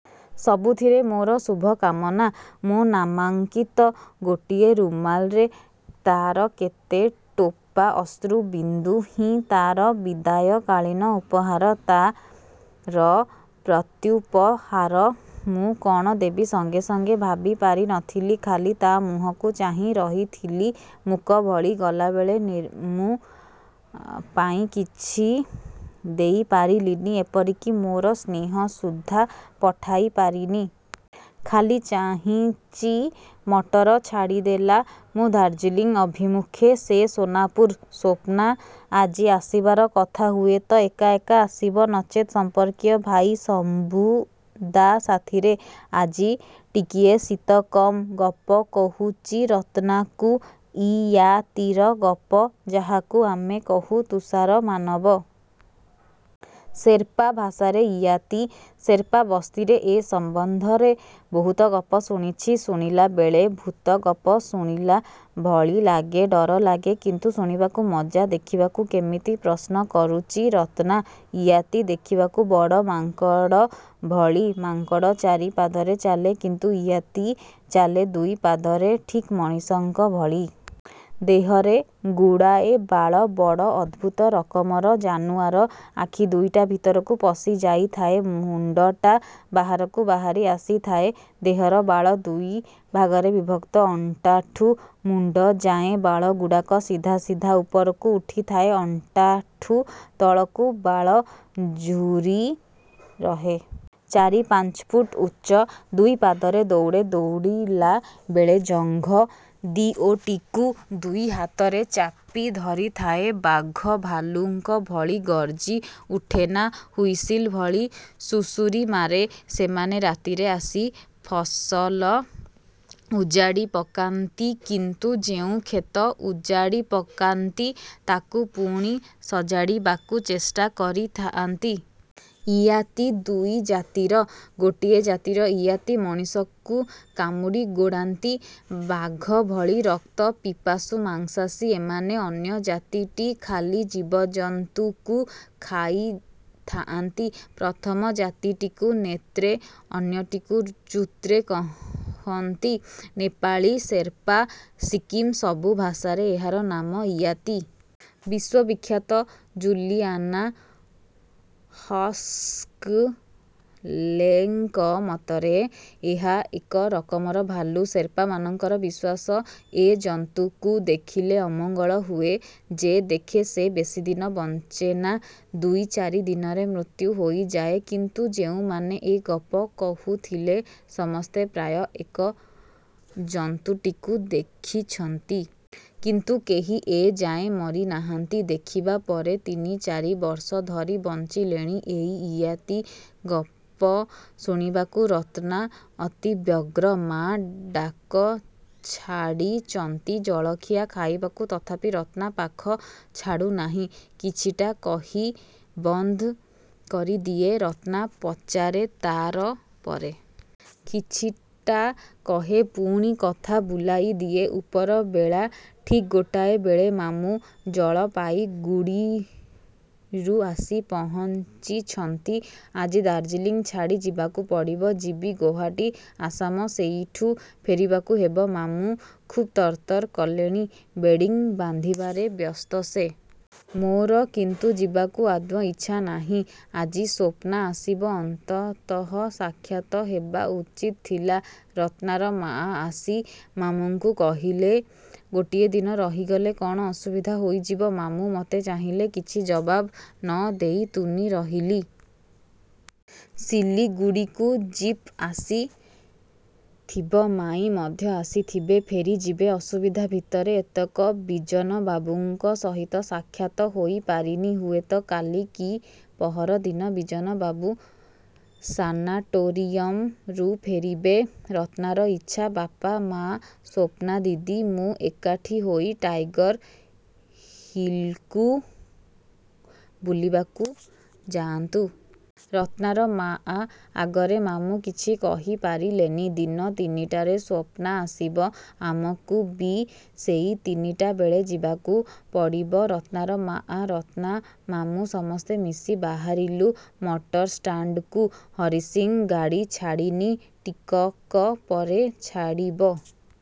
ସବୁଥିରେ ମୋର ଶୁଭକାମନା। ମୋ ନାମାଙ୍କିତ ଗୋଟିଏ ରୁମାଲରେ ତାର କେତେଟୋପା ଅଶ୍ରୁବିନ୍ଦୁ ହିଁ ତା'ର ବିଦାୟକାଳୀନ ଉପହାର। ତାର ପ୍ରତ୍ୟୁପହାର ମୁଁ କ'ଣ ଦେବି ସଙ୍ଗେ ସଙ୍ଗେ ଭାବିପାରି ନ ଥିଲି। ଖାଲି ତା ମୁହଁକୁ ଚାହିଁ ରହିଥିଲି ମୂକ ଭଳି। ଗଲାବେଳେ ନିର୍ମୁ ଆ ପାଇଁ କିଛି ଦେଇ ପାରିଲିନି ଏପରିକି ମୋର ସ୍ନେହ ସୁଦ୍ଧା ପଠାଇ ପାରିନି। ଖାଲି ଚାହିଁଚି ମଟର ଛାଡ଼ିଦେଲା। ମୁଁ ଦାର୍ଜିଲିଂ ଅଭିମୁଖେ ସେ ସୋନାପୁର। ସ୍ୱପ୍ନା ଆଜି ଆସିବାର କଥା। ହୁଏତ ଏକା ଏକା ଆସିବ, ନଚେତ ସମ୍ପର୍କୀୟ ଭାଇ ଶମ୍ଭୂଦା ସାଥିରେ। ଆଜି ଟିକିଏ ଶୀତ କମ୍। ଗପ କହୁଚି ରତ୍ନାକୁ ଇୟାତି ର ଗପ, ଯାହାକୁ ଆମେ କହୁ ତୁଷାର ମାନବ। ସେର୍ପା ଭାଷାରେ ଇୟାତି। ସେର୍ପା ବସ୍ତିରେ ଏ ସମ୍ବନ୍ଧରେ ବହୁତ ଗପ ଶୁଣିଛି। ଶୁଣିଲାବେଳେ ଭୂତ ଗପ ଶୁଣିଲା ଭଳି ଲାଗେ। ଡର ଲାଗେ କିନ୍ତୁ ଶୁଣିବାକୁ ମଜା। ଦେଖିବାକୁ କେମିତି? ପ୍ରଶ୍ନ କରୁଚି ରତ୍ନା। ଇୟାତି ଦେଖିବାକୁ ବଡ଼ ମାଙ୍କଡ଼ ଭଳି। ମାଙ୍କଡ଼ ଚାରି ପାଦରେ ଚାଲେ କିନ୍ତୁ ଇୟାତି ଚାଲେ ଦୁଇ ପାଦରେ ଠିକ୍ ମଣିଷଙ୍କ ଭଳି। ଦେହରେ ଗୁଡ଼ାଏ ବାଳ। ବଡ଼ ଅଦ୍ଭୁତ ରକମର ଜାନୁଆର। ଆଖି ଦୁଇଟା ଭିତରକୁ ପଶି ଯାଇଥାଏ, ମୁଣ୍ଡଟା ବାହାରକୁ ବାହାରି ଆସିଥାଏ। ଦେହର ବାଳ ଦୁଇ ଭାଗରେ ବିଭକ୍ତ। ଅଣ୍ଟାଠୁ ମୁଣ୍ଡଯାଏଁ ବାଳଗୁଡ଼ାକ ସିଧା ସିଧା ଉପରକୁ ଉଠିଥାଏ। ଅଣ୍ଟାଠୁ ତଳକୁ ବାଳ ଝୁରି ରହେ। ଚାରି ପାଞ୍ଚ ଫୁଟ୍ ଉଚ୍ଚ। ଦୁଇ ପାଦରେ ଦୌଡ଼େ। ଦୌଡ଼ିଲା ବେଳେ ଜଙ୍ଘ ଦିଓଟିକୁ ଦୁଇ ହାତରେ ଚାପି ଧରିଥାଏ। ବାଘ ଭାଲୁଙ୍କ ଭଳି ଗର୍ଜି ଉଠେନା, ହୁଇସିଲ୍ ଭଳି ଶୁଶୁରି ମାରେ। ସେମାନେ ରାତିରେ ଆସି ଫସଲ ଉଜାଡ଼ି ପକାନ୍ତି କିନ୍ତୁ ଯେଉଁ କ୍ଷେତ ଉଜାଡ଼ି ପକାନ୍ତି ତାକୁ ପୁଣି ସଜାଡ଼ିବାକୁ ଚେଷ୍ଟା କରିଥାଆନ୍ତି। ଇୟାତି ଦୁଇ ଜାତିର। ଗୋଟିଏ ଜାତିର ଇୟାତି ମଣିଷକୁ କାମୁଡ଼ି ଗୋଡ଼ାନ୍ତି। ବାଘ ଭଳି ରକ୍ତ ପିପାସୁ ମାଂସାଶୀ ଏମାନେ। ଅନ୍ୟଜାତିଟି ଖାଲି ଜୀବଜନ୍ତୁକୁ ଖାଇ ଥାଆନ୍ତି। ପ୍ରଥମ ଜାତିଟିକୁ ନେତ୍ରେ ଅନ୍ୟଟିକୁ ଚୁତ୍ରେ କହନ୍ତି। ନେପାଳୀ, ସେର୍ପା, ସିକିମ୍ ସବୁ ଭାଷାରେ ଏହାର ନାମ ଇୟାତି। ବିଶ୍ୱବିଖ୍ୟାତ ଜୁଲିଆନା ହସ୍କଲେଙ୍କ ମତରେ ଏହା ଏକ ରକମର ଭାଲୁ। ସେର୍ପାମାନଙ୍କର ବିଶ୍ୱାସ ଏ ଜନ୍ତୁକୁ ଦେଖିଲେ ଅମଙ୍ଗଳ ହୁଏ। ଯେ ଦେଖେ ସେ ବେଶୀଦିନ ବଞ୍ଚେନା। ଦୁଇ ଚାରି ଦିନରେ ମୃତ୍ୟୁ ହୋଇଯାଏ। କିନ୍ତୁ ଯେଉଁମାନେ ଏ ଗପ କହୁଥିଲେ, ସମସ୍ତେ ପ୍ରାୟ ଏକ ଜନ୍ତୁଟିକୁ ଦେଖିଛନ୍ତି। କିନ୍ତୁ କେହି ଏ ଯାଏଁ ମରିନାହାନ୍ତି। ଦେଖିବା ପରେ ତିନି ଚାରି ବର୍ଷ ଧରି ବଞ୍ଚିଲେଣି। ଏଇ ''ଇୟାତି'' ଗପ ଶୁଣିବାକୁ ରତ୍ନା ଅତି ବ୍ୟଗ୍ର। ମା ଡାକ ଛାଡ଼ିଚନ୍ତି ଜଳଖିଆ ଖାଇବାକୁ। ତଥାପି ରତ୍ନା ପାଖ ଛାଡ଼ୁନାହିଁ। କିଛିଟା କହି ବନ୍ଦ କରିଦିଏ। ରତ୍ନା ପଚାରେ ତା'ର ପରେ? କିଛିଟା କହେ ପୁଣି କଥା ବୁଲାଇ ଦିଏ। ଉପର ବେଳା। ଠିକ୍ ଗୋଟାଏ ବେଳେ ମାମୁଁ ଜଳପାଇଗୁଡ଼ିରୁ ଆସି ପହଞ୍ଚିଛନ୍ତି। ଆଜି ଦାର୍ଜିଲିଂ ଛାଡ଼ି ଯିବାକୁ ପଡ଼ିବ। ଯିବି ଗୌହାଟୀ। ଆସାମ। ସେଇଠୁ ଫେରିବାକୁ ହେବ। ମାମୁଁ ଖୁବ୍ ତରତର କଲେଣି। ବେଡ଼ିଂ ବାନ୍ଧିବାରେ ବ୍ୟସ୍ତ ସେ। ମୋର କିନ୍ତୁ ଯିବାକୁ ଆଦୌ ଇଚ୍ଛା ନାହିଁ। ଆଜି ସ୍ୱପ୍ନା ଆସିବ। ଅନ୍ତତଃ ସାକ୍ଷାତ ହେବା ଉଚିତ ଥିଲା। ରତ୍ନାର ମାଆ ଆସି ମାମୁଁଙ୍କୁ କହିଲେ ଗୋଟିଏ ଦିନ ରହିଗଲେ କ'ଣ ଅସୁବିଧା ହୋଇଯିବ? ମାମୁଁ ମତେ ଚାହିଁଲେ। କିଛି ଜବାବ ନ ଦେଇ ତୁନି ରହିଲି। ଶିଲିଗୁଡ଼ିକୁ ଜୀପ୍ ଆସିଥିବ। ମାଈଁ ମଧ୍ୟ ଆସିଥିବେ। ଫେରିଯିବେ। ଅସୁବିଧା ଭିତରେ ଏତକ। ବିଜନବାବୁଙ୍କ ସହିତ ସାକ୍ଷାତ ହୋଇ ପାରିନି। ହୁଏତ କାଲି କି ପହର ଦିନ ବିଜନବାବୁ ସାନାଟୋରିୟମରୁ ଫେରିବେ। ରତ୍ନାର ଇଚ୍ଛା ବାପା, ମା, ସ୍ୱପ୍ନାଦିଦି, ମୁଁ ଏକାଠି ହୋଇ ଟାଇଗର୍ ହିଲ୍କୁ ବୁଲିବାକୁ ଯାଆନ୍ତୁ। ରତ୍ନାର ମାଆ ଆଗରେ ମାମୁଁ କିଛି କହି ପାରିଲେନି। ଦିନ ତିନିଟାରେ ସ୍ୱପ୍ନା ଆସିବ। ଆମକୁ ବି ସେଇ ତିନିଟା ବେଳେ ଯିବାକୁ ପଡ଼ିବ। ରତ୍ନାର ମାଆ, ରତ୍ନା, ମାମୁଁ ସମସ୍ତେ ମିଶି ବାହାରିଲୁ ମଟରଷ୍ଟାଣ୍ଡକୁ। ହରିସିଂ ଗାଡ଼ି ଛାଡ଼ିନି। ଟିକକ ପରେ ଛାଡ଼ିବ।